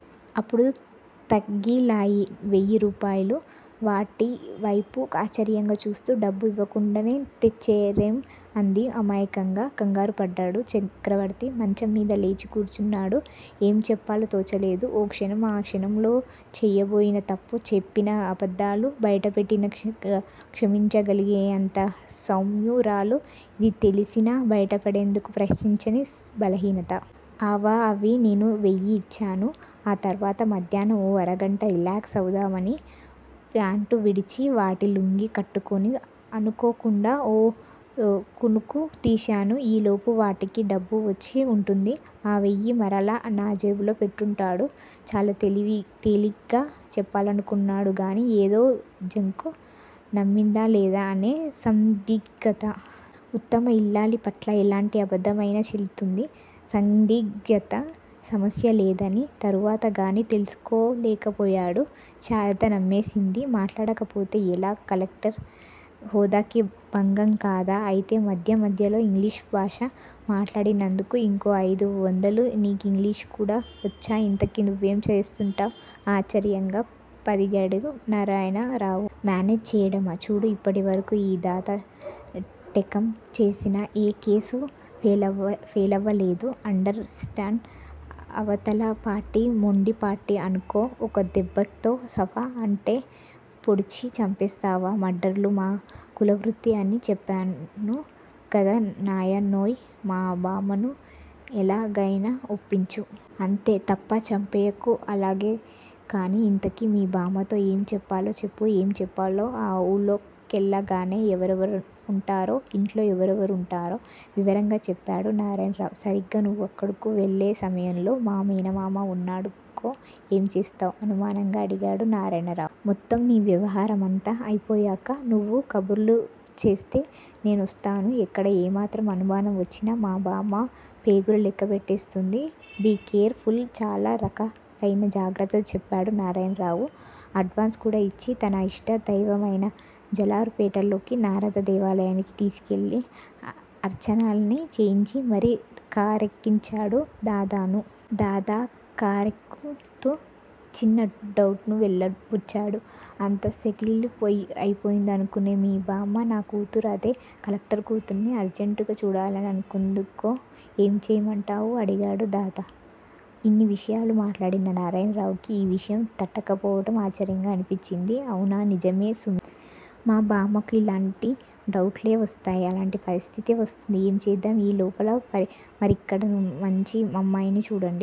అప్పుడు తగిలాయి వెయ్యిరూపాయలు! వాటివేపు ఆశ్చర్యంగా చూస్తూ డబ్బు ఇవ్వకుండానే తెచ్చారేం? అంది అమాయకంగా. కంగారుపడ్డాడు చక్రవర్తి. మంచంమీద లేచి కూర్చున్నాడు. ఏం చెప్పాలో తోచలేదు ఓ క్షణం. ఆ క్షణంలో చేయబోయిన తప్పు, చెప్పిన అబద్ధాలు బయటపెట్టినా క్షమించగలిగేంత సౌమ్యురాలు. ఇది తెలిసినా బయటపడేందుకు ప్రయత్నించని బలహీనత. అవా అవి నేను వెయ్యి ఇచ్చాను. ఆ తరువాత మధ్యాహ్నం. ఓ అరగంట రిలాక్స్ అవుదామని ఫ్యాంటు విడిచి వాడి లుంగి కట్టుకొని అనుకోకుండా ఓ కునుకుతీశాను. ఈ లోపు వాటికి డబ్బు వచ్చి ఉంటుంది. ఆ వెయ్యి మరలా నా జేబులో పెట్టుంటాడు చాలా తేలిగ్గా చెప్పాలనుకున్నాడుగాని ఏదో జంకు నమ్మిందా లేదా అనే సందిగ్ధత. ఉత్తమ ఇల్లాలిపట్ల ఎలాంటి అబద్ధమైనా చెల్లుతుంది. సందిగ్ధత సమస్యలేదని తరువాతగాని తెలుసుకోలేకపోయాడు. శారద నమ్మేసింది. మాట్లాడకపోతే ఎలా కలెక్టర్ హోదాకి భంగం కదా? అయితే మధ్య మధ్యలో ఇంగ్లీషు భాష మాట్లాడినందుకు ఇంకో అయిదు వందలు నీకింగ్లీషు కుడా వచ్చా ఇంతకీ నువ్వేం చేస్తుంటావ్ ఆశ్చర్యంగా పదిగాడు నారాయణరావు. మేనేజ్ చెయ్యడమా చూడు ఇప్పటివరకు ఈ దాదా టేకప్ చేసిన ఏ కేసూ ఫెయిలవలేదు అండర్ స్టాండ్ అవతల పార్టీ మొండి పార్టీ అనుకో ఒక దెబ్బతో సఫా అంటే పొడిచి చంపేస్తావా మర్డర్లు మా కులవృత్తి అని చెప్పాను గదా నాయనోయ్ మా బామ్మను ఎలాగయినా ఒప్పించు. అంతే తప్ప చంపెయ్యకు అలాగే కానీ ఇంతకీ మీ బామ్మతో ఏం చెప్పాలో చెప్పు ఏం చెప్పాలో, ఆ ఊళ్ళోకెళ్ళగానే ఎవరెవరుంటారో, ఇంట్లో ఎవరెవరుంటారో వివరంగా చెప్పాడు నారాయణరావు. సరిగ్గా నువ్వక్కడకు వెళ్ళే సమయంలో మా మేనమామ వున్నాడనుకో ఏం చేస్తావ్? అనుమానంగా అడిగాడు నారాయణరావ్ మొత్తం నీ వ్యవహారమంతా అయిపోయాక, నువ్వు కబుర్లు చేస్తే నేనొస్తాను ఎక్కడ ఏమాత్రం అనుమానం వచ్చినా, మా బామ్మ పేగులు లెక్క పెట్టేస్తుంది బీ కేర్ ఫుల్ చాలా రకాలయిన జాగ్రత్తలు చెప్పాడు నారాయణరావు. అడ్వాన్స్ కూడా ఇచ్చి, తన ఇష్టదైవమైన జాలరుపేటలోకి నారద దేవాలయానికి తీసికెళ్ళి, అర్చనలనీ చేయించి మరీ కారెక్కించాడు దాదాను. దాదా కారేక్కుతూ చిన్న డౌటును వెళ్ళబుచ్చాడు. అంతా సెటిలయి పోయిందనుకో మీ బామ్మ నా కూతుర్ని అదే కలెక్టర్ కూతుర్ని అర్జంటుగా చూడాలని అనుకుందనుకో ఏం చేయమంటావ్ అడిగాడు దాదా. ఇన్ని విషయాలు మాట్లాడిన నారాయణరావుకి ఈ విషయం తట్టకపోవడం ఆశ్చర్యంగా అనిపించింది. అవునా నిజమే సుమీ మా బామ్మకు ఇలాంటి డౌట్లే వస్తాయి అలాంటి పరిస్థితే వస్తుంది ఏం చేద్దాం ఈ లోపల మరిక్కడ మంచి అమ్మాయిని చూడండి